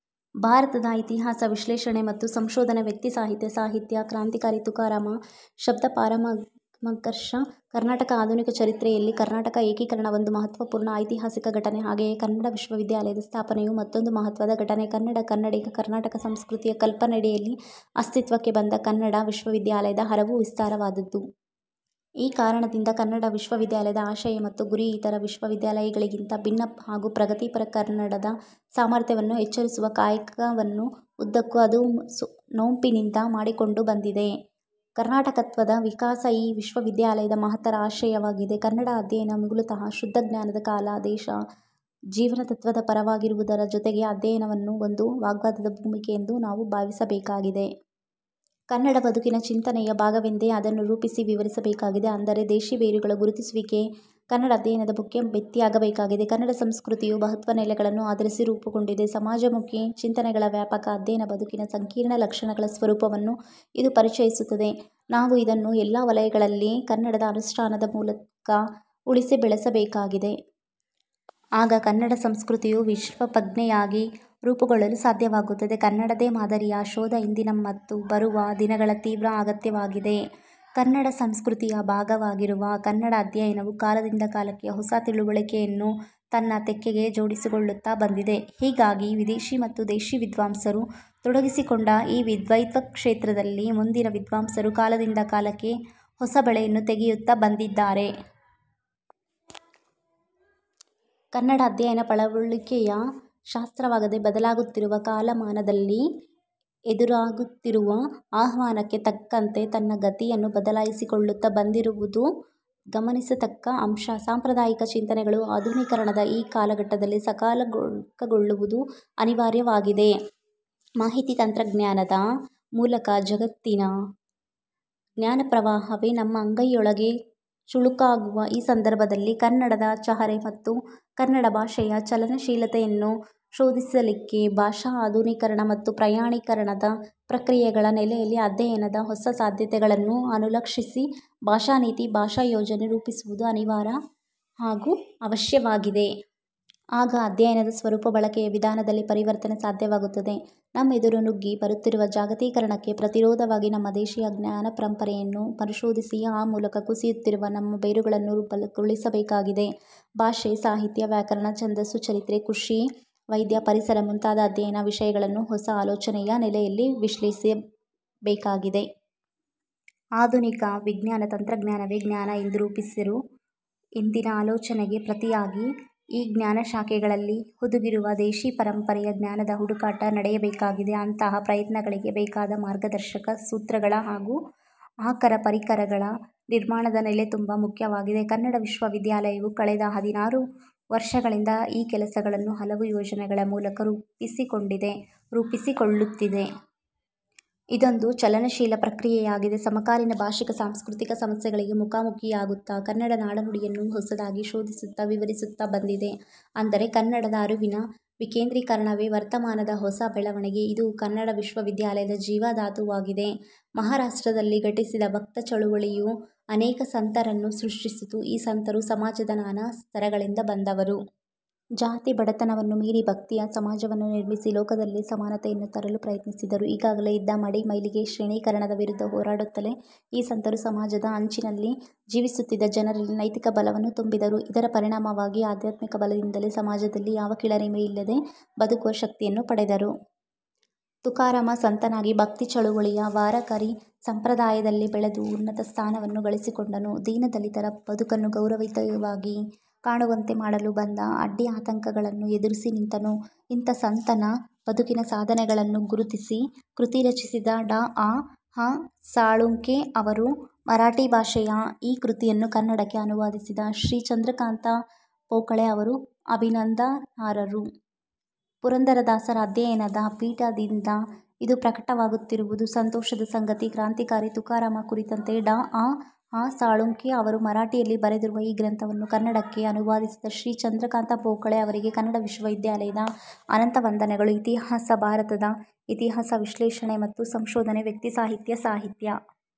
ಭಾರತದ ಇತಿಹಾಸ, ವಿಶ್ಲೇಷಣೆ ಮತ್ತು ಸಂಶೋಧನೆ, ವ್ಯಕ್ತಿಸಾಹಿತ್ಯ, ಸಾಹಿತ್ಯ ಕ್ರಾಂತಿಕಾರಿ ತುಕಾರಾಮ ಶಬ್ದಪಾರಮಾರ್ಗಮಶಕ್ಯಂ ಕರ್ನಾಟಕ ಆಧುನಿಕ ಚರಿತ್ರೆಯಲ್ಲಿ ಕರ್ನಾಟಕ ಏಕೀಕರಣ ಒಂದು ಮಹತ್ವಪೂರ್ಣ ಐತಿಹಾಸಿಕ ಘಟನೆ. ಹಾಗೆಯೇ ಕನ್ನಡ ವಿಶ್ವವಿದ್ಯಾಲಯದ ಸ್ಥಾಪನೆಯೂ ಮತ್ತೊಂದು ಮಹತ್ವದ ಘಟನೆ. ಕನ್ನಡ-ಕನ್ನಡಿಗ-ಕರ್ನಾಟಕ ಸಂಸ್ಕೃತಿಯ ಕಲ್ಪನೆಯಡಿಯಲ್ಲಿ ಅಸ್ತಿತ್ವಕ್ಕೆ ಬಂದ ಕನ್ನಡ ವಿಶ್ವವಿದ್ಯಾಲಯದ ಹರವು ವಿಸ್ತಾರವಾದದ್ದು. ಈ ಕಾರಣದಿಂದ ಕನ್ನಡ ವಿಶ್ವವಿದ್ಯಾಲಯದ ಆಶಯ ಮತ್ತು ಗುರಿ ಇತರ ವಿಶ್ವವಿದ್ಯಾಲಯಗಳಿಗಿಂತ ಭಿನ್ನ ಹಾಗೂ ಪ್ರಗತಿಪರ. ಕನ್ನಡದ ಸಾಮರ್ಥ್ಯವನ್ನು ಎಚ್ಚರಿಸುವ ಕಾಯಕವನ್ನು ಉದ್ದಕ್ಕೂ ಅದು ನೋಂಪಿಯಿಂದ ಮಾಡಿಕೊಂಡು ಬಂದಿದೆ. ಕರ್ನಾಟಕತ್ವದ 'ವಿಕಾಸ' ಈ ವಿಶ್ವವಿದ್ಯಾಲಯದ ಮಹತ್ತರ ಆಶಯವಾಗಿದೆ. ಕನ್ನಡ ಅಧ್ಯಯನ ಮೂಲತಃ ಶುದ್ಧ ಜ್ಞಾನದ, ಕಾಲ, ದೇಶ, ಜೀವನ ತತ್ವದ ಪರವಾಗಿರುವುದರ ಜೊತೆಗೆ ಅಧ್ಯಯನವನ್ನು ಒಂದು ವಾಗ್ವಾದದ ಭೂಮಿಕೆ ಎಂದು ನಾವು ಭಾವಿಸಬೇಕಾಗಿದೆ. ಕನ್ನಡ ಬದುಕಿನ ಚಿಂತನೆಯ ಭಾಗವೆಂದೇ ಅದನ್ನು ರೂಪಿಸಿ ವಿವರಿಸಬೇಕಾಗಿದೆ. ಅಂದರೆ: ದೇಶಿ ಬೇರುಗಳ ಗುರುತಿಸುವಿಕೆ ಕನ್ನಡ ಅಧ್ಯಯನದ ಮುಖ್ಯ ಭಿತ್ತಿಯಾಗಬೇಕಾಗಿದೆ. ಕನ್ನಡ ಸಂಸ್ಕೃತಿಯು ಬಹುತ್ವ ನೆಲೆಗಳನ್ನು ಆಧರಿಸಿ ರೂಪುಗೊಂಡಿದೆ. ಸಮಾಜಮುಖಿ ಚಿಂತನೆಗಳ ವ್ಯಾಪಕ ಅಧ್ಯಯನ ಬದುಕಿನ ಸಂಕೀರ್ಣ ಲಕ್ಷಣಗಳ ಸ್ವರೂಪವನ್ನು ಇದು ಪರಿಚಯಿಸುತ್ತದೆ. ನಾವು ಇದನ್ನು ಎಲ್ಲ ವಲಯಗಳಲ್ಲಿ ಕನ್ನಡದ ಅನುಷ್ಠಾನದ ಮೂಲಕ ಉಳಿಸಿ, ಬೆಳೆಸಬೇಕಾಗಿದೆ. ಆಗ ಕನ್ನಡ ಸಂಸ್ಕೃತಿಯು ವಿಶ್ವಪ್ರಜ್ಞೆಯಾಗಿ ರೂಪುಗೊಳ್ಳಲು ಸಾಧ್ಯವಾಗುತ್ತದೆ. 'ಕನ್ನಡದ್ದೇ ಮಾದರಿ'ಯ ಶೋಧ ಇಂದಿನ ಮತ್ತು ಬರುವ ದಿನಗಳ ತೀವ್ರ ಅಗತ್ಯವಾಗಿದೆ. ಕನ್ನಡ ಸಂಸ್ಕೃತಿಯ ಭಾಗವಾಗಿರುವ ಕನ್ನಡ ಅಧ್ಯಯನವು ಕಾಲದಿಂದ ಕಾಲಕ್ಕೆ ಹೊಸ ತಿಳಿವಳಿಕೆಯನ್ನು ತನ್ನ ತೆಕ್ಕೆಗೆ ಜೋಡಿಸಿಕೊಳ್ಳುತ್ತ ಬಂದಿದೆ. ಹೀಗಾಗಿ ವಿದೇಶಿ ಮತ್ತು ದೇಶಿ ವಿದ್ವಾಂಸರು ತೊಡಗಿಸಿಕೊಂಡ ಈ ವಿದ್ವತ್ಕ್ಷೇತ್ರದಲ್ಲಿ ಮುಂದಿನ ವಿದ್ವಾಂಸರು ಕಾಲದಿಂದ ಕಾಲಕ್ಕೆ ಹೊಸಬೆಳೆಯನ್ನು ತೆಗೆಯುತ್ತ ಬಂದಿದ್ದಾರೆ. ಕನ್ನಡ ಅಧ್ಯಯನ ಪಳೆಯುಳಿಕೆಯ ಶಾಸ್ತ್ರವಾಗದೆ, ಬದಲಾಗುತ್ತಿರುವ ಕಾಲಮಾನದಲ್ಲಿ ಎದುರಾಗುತ್ತಿರುವ ಆಹ್ವಾನಕ್ಕೆ ತಕ್ಕಂತೆ ತನ್ನ ಗತಿಯನ್ನು ಬದಲಾಯಿಸಿಕೊಳ್ಳುತ್ತ ಬಂದಿರುವುದು ಗಮನಿಸತಕ್ಕ ಅಂಶ. ಸಾಂಪ್ರದಾಯಿಕ ಚಿಂತನೆಗಳು ಆಧುನೀಕರಣದ ಈ ಕಾಲಘಟ್ಟದಲ್ಲಿ ಸಕಾಲಿಕಗೊಳ್ಳುವುದು ಅನಿವಾರ್ಯವಾಗಿದೆ. ಮಾಹಿತಿ ತಂತ್ರಜ್ಞಾನದ ಮೂಲಕ ಜಗತ್ತಿನ ಜ್ಞಾನಪ್ರವಾಹವೇ ನಮ್ಮ ಅಂಗೈಯೊಳಗೆ ಚುಳುಕಾಗುವ ಈ ಸಂದರ್ಭದಲ್ಲಿ ಕನ್ನಡದ ಚಹರೆ ಮತ್ತು ಕನ್ನಡ ಭಾಷೆಯ ಚಲನಶೀಲತೆಯನ್ನು ಶೋಧಿಸಲಿಕ್ಕೆ ಭಾಷಾ ಆಧುನೀಕರಣ ಮತ್ತು ಪ್ರಮಾಣೀಕರಣದ ಪ್ರಕ್ರಿಯೆಗಳ ನೆಲೆಯಲ್ಲಿ ಅಧ್ಯಯನದ ಹೊಸ ಸಾಧ್ಯತೆಗಳನ್ನು ಅನುಲಕ್ಷಿಸಿ, ಭಾಷಾನೀತಿ, ಭಾಷಾಯೋಜನೆ ರೂಪಿಸುವುದು ಅನಿವಾರ್ಯ ಹಾಗೂ ಅವಶ್ಯವಾಗಿದೆ. ಆಗ ಅಧ್ಯಯನದ ಸ್ವರೂಪ ಬಳಕೆಯ ವಿಧಾನದಲ್ಲಿ ಪರಿವರ್ತನೆ ಸಾಧ್ಯವಾಗುತ್ತದೆ. ನಮ್ಮೆದುರು ನುಗ್ಗಿ ಬರುತ್ತಿರುವ ಜಾಗತೀಕರಣಕ್ಕೆ ಪ್ರತಿರೋಧವಾಗಿ ನಮ್ಮ ದೇಶೀಯ ಜ್ಞಾನಪರಂಪರೆಯನ್ನು ಮರುಶೋಧಿಸಿ ಆ ಮೂಲಕ ಕುಸಿಯುತ್ತಿರುವ ನಮ್ಮ ಬೇರುಗಳನ್ನು ಬಲಗೊಳ್ಳಿಸಿಕೊಳ್ಳಬೇಕಾಗಿದೆ. ಭಾಷೆ, ಸಾಹಿತ್ಯ, ವ್ಯಾಕರಣ, ಛಂದಸ್ಸು, ಚರಿತ್ರೆ, ಕೃಷಿ, ವೈದ್ಯ, ಪರಿಸರ ಮುಂತಾದ ಅಧ್ಯಯನ ವಿಷಯಗಳನ್ನು ಹೊಸ ಆಲೋಚನೆಯ ನೆಲೆಯಲ್ಲಿ ವಿಶ್ಲೇಷಿಸಬೇಕಾಗಿದೆ. ಆಧುನಿಕ ವಿಜ್ಞಾನ, ತಂತ್ರಜ್ಞಾನವೇ 'ಜ್ಞಾನ' ಎಂದು ರೂಪಿಸಿರು ಇಂದಿನ ಆಲೋಚನೆಗೆ ಪ್ರತಿಯಾಗಿ ಈ ಜ್ಞಾನಶಾಖೆಗಳಲ್ಲಿ ಹುದುಗಿರುವ ದೇಶಿ ಪರಂಪರೆಯ ಜ್ಞಾನದ ಹುಟುಕಾಟ ನಡೆಯಬೇಕಾಗಿದೆ. ಅಂತಹ ಪ್ರಯತ್ನಗಳಿಗೆ ಬೇಕಾದ ಮಾರ್ಗದರ್ಶಕ ಸೂತ್ರಗಳ ಹಾಗೂ ಆಕರ ಪರಿಕರಗಳ ನಿರ್ಮಾಣದ ನೆಲೆ ತುಂಬ ಮುಖ್ಯವಾಗಿದೆ. ಕನ್ನಡ ವಿಶ್ವವಿದ್ಯಾಲಯವು ಕಳೆದ ಹದಿನಾರು ವರ್ಷಗಳಿಂದ ಈ ಕೆಲಸಗಳನ್ನು ಹಲವು ಯೋಜನೆಗಳ ಮೂಲಕ ರೂಪಿಸಿಕೊಂಡಿದೆ, ರೂಪಿಸಿಕೊಳ್ಳುತ್ತಿದೆ. ಇದೊಂದು ಚಲನಶೀಲ ಪ್ರಕ್ರಿಯೆಯಾಗಿದೆ. ಸಮಕಾಲೀನ ಭಾಷಿಕ, ಸಾಂಸ್ಕೃತಿಕ ಸಮಸ್ಯೆಗಳಿಗೆ ಮುಖಾಮುಖಿಯಾಗುತ್ತ ಕನ್ನಡ ನಾಡುನುಡಿಯನ್ನು ಹೊಸದಾಗಿ ಶೋಧಿಸುತ್ತಾ, ವಿವರಿಸುತ್ತಾ ಬಂದಿದೆ. ಅಂದರೆ:ಕನ್ನಡದ ಅರಿವಿನ ವಿಕೇಂದ್ರೀಕರಣವೇ ವರ್ತಮಾನದ ಹೊಸ ಬೆಳವಣಿಗೆ. ಇದು ಕನ್ನಡ ವಿಶ್ವವಿದ್ಯಾಲಯದ ಜೀವಧಾತುವಾಗಿದೆ. ಮಹಾರಾಷ್ಟ್ರದಲ್ಲಿ ಘಟಿಸಿದ ಭಕ್ತ ಚಳುವಳಿಯು ಅನೇಕ ಸಂತರನ್ನು ಸೃಷ್ಟಿಸಿತು. ಈ ಸಂತರು ಸಮಾಜದ ನಾನಾ ಸ್ತರಗಳಿಂದ ಬಂದವರು. ಜಾತಿ, ಬಡತನವನ್ನು ಮೀರಿ ಭಕ್ತಿಯ ಸಮಾಜವನ್ನು ನಿರ್ಮಿಸಿ, ಲೋಕದಲ್ಲಿ ಸಮಾನತೆಯನ್ನು ತರಲು ಪ್ರಯತ್ನಿಸಿದರು. ಈಗಾಗಲೇ ಇದ್ದ ಮಡಿ-ಮೈಲಿಗೆ, ಶ್ರೇಣಿಕರಣದ ವಿರುದ್ಧ ಹೋರಾಡುತ್ತಲೇ ಈ ಸಂತರು ಸಮಾಜದ ಅಂಚಿನಲ್ಲಿ ಜೀವಿಸುತ್ತಿದ್ದ ಜನರಲ್ಲಿ ನೈತಿಕ ಬಲವನ್ನು ತುಂಬಿದರು. ಇದರ ಪರಿಣಾಮವಾಗಿ ಆಧ್ಯಾತ್ಮಿಕ ಬಲದಿಂದಲೇ ಸಮಾಜದಲ್ಲಿ ಯಾವ ಕೀಳರಿಮೆ ಇಲ್ಲದೆ ಬದುಕುವ ಶಕ್ತಿಯನ್ನು ಪಡೆದರು. ತುಕಾರಾಮ ಸಂತನಾಗಿ ಭಕ್ತಿ ಚಳುವಳಿಯ 'ವಾರಕರಿ' ಸಂಪ್ರದಾಯದಲ್ಲಿ ಬೆಳೆದು ಉನ್ನತ ಸ್ಥಾನವನ್ನು ಗಳಿಸಿಕೊಂಡನು. ದೀನ ದಲಿತರ ಬದುಕನ್ನು ಗೌರಯುತವಾಗಿ ಕಾಣುವಂತೆ ಮಾಡಲು ಬಂದ ಅಡ್ಡಿ-ಆತಂಕಗಳನ್ನು ಎದುರಿಸಿ ನಿಂತನು. ಇಂಥ ಸಂತನ ಬದುಕಿನ ಸಾಧನೆಗಳನ್ನು ಗುರುತಿಸಿ ಕೃತಿ ರಚಿಸಿದ ಡಾ. ಆ. ಹ. ಸಾಳುಂಖೆ ಅವರು ಮರಾಠಿ ಭಾಷೆಯ ಈ ಕೃತಿಯನ್ನು ಕನ್ನಡಕ್ಕೆ ಅನುವಾದಿಸಿದ ಶ್ರೀ ಚಂದ್ರಕಾಂತ ಪೋಕಳೆ ಅವರು ಅಭಿನಂದನಾರ್ಹರು. 'ಪುರಂದರದಾಸರ ಆಧ್ಯಯನ ಪೀಠ' ದಿಂದ ಇದು ಪ್ರಕಟವಾಗುತ್ತಿರುವುದು ಸಂತೋಷದ ಸಂಗತಿ ಕ್ರಾಂತಿಕಾರಿ ತುಕಾರಾಮ ಕುರಿತಂತೆ ಡಾ. ಆ. ಹ. ಸಾಳುಂಖೆ ಅವರು ಮರಾಠಿಯಲ್ಲಿ ಬರೆದಿರುವ ಈ ಗ್ರಂಥವನ್ನು ಕನ್ನಡಕ್ಕೆ ಅನುವಾದಿಸಿದ ಶ್ರೀ ಚಂದ್ರಕಾಂತ ಪೋಕಳೆ ಅವರಿಗೆ ಕನ್ನಡ ವಿಶ್ವವಿದ್ಯಾಲಯದ ಅನಂತ ವಂದನೆಗಳು, ಇತಿಹಾಸ, ಭಾರತದ ಇತಿಹಾಸ, ವಿಶ್ಲೇಷಣೆ ಮತ್ತು ಸಂಶೋಧನೆ, ವ್ಯಕ್ತಿಸಾಹಿತ್ಯ, ಸಾಹಿತ್ಯ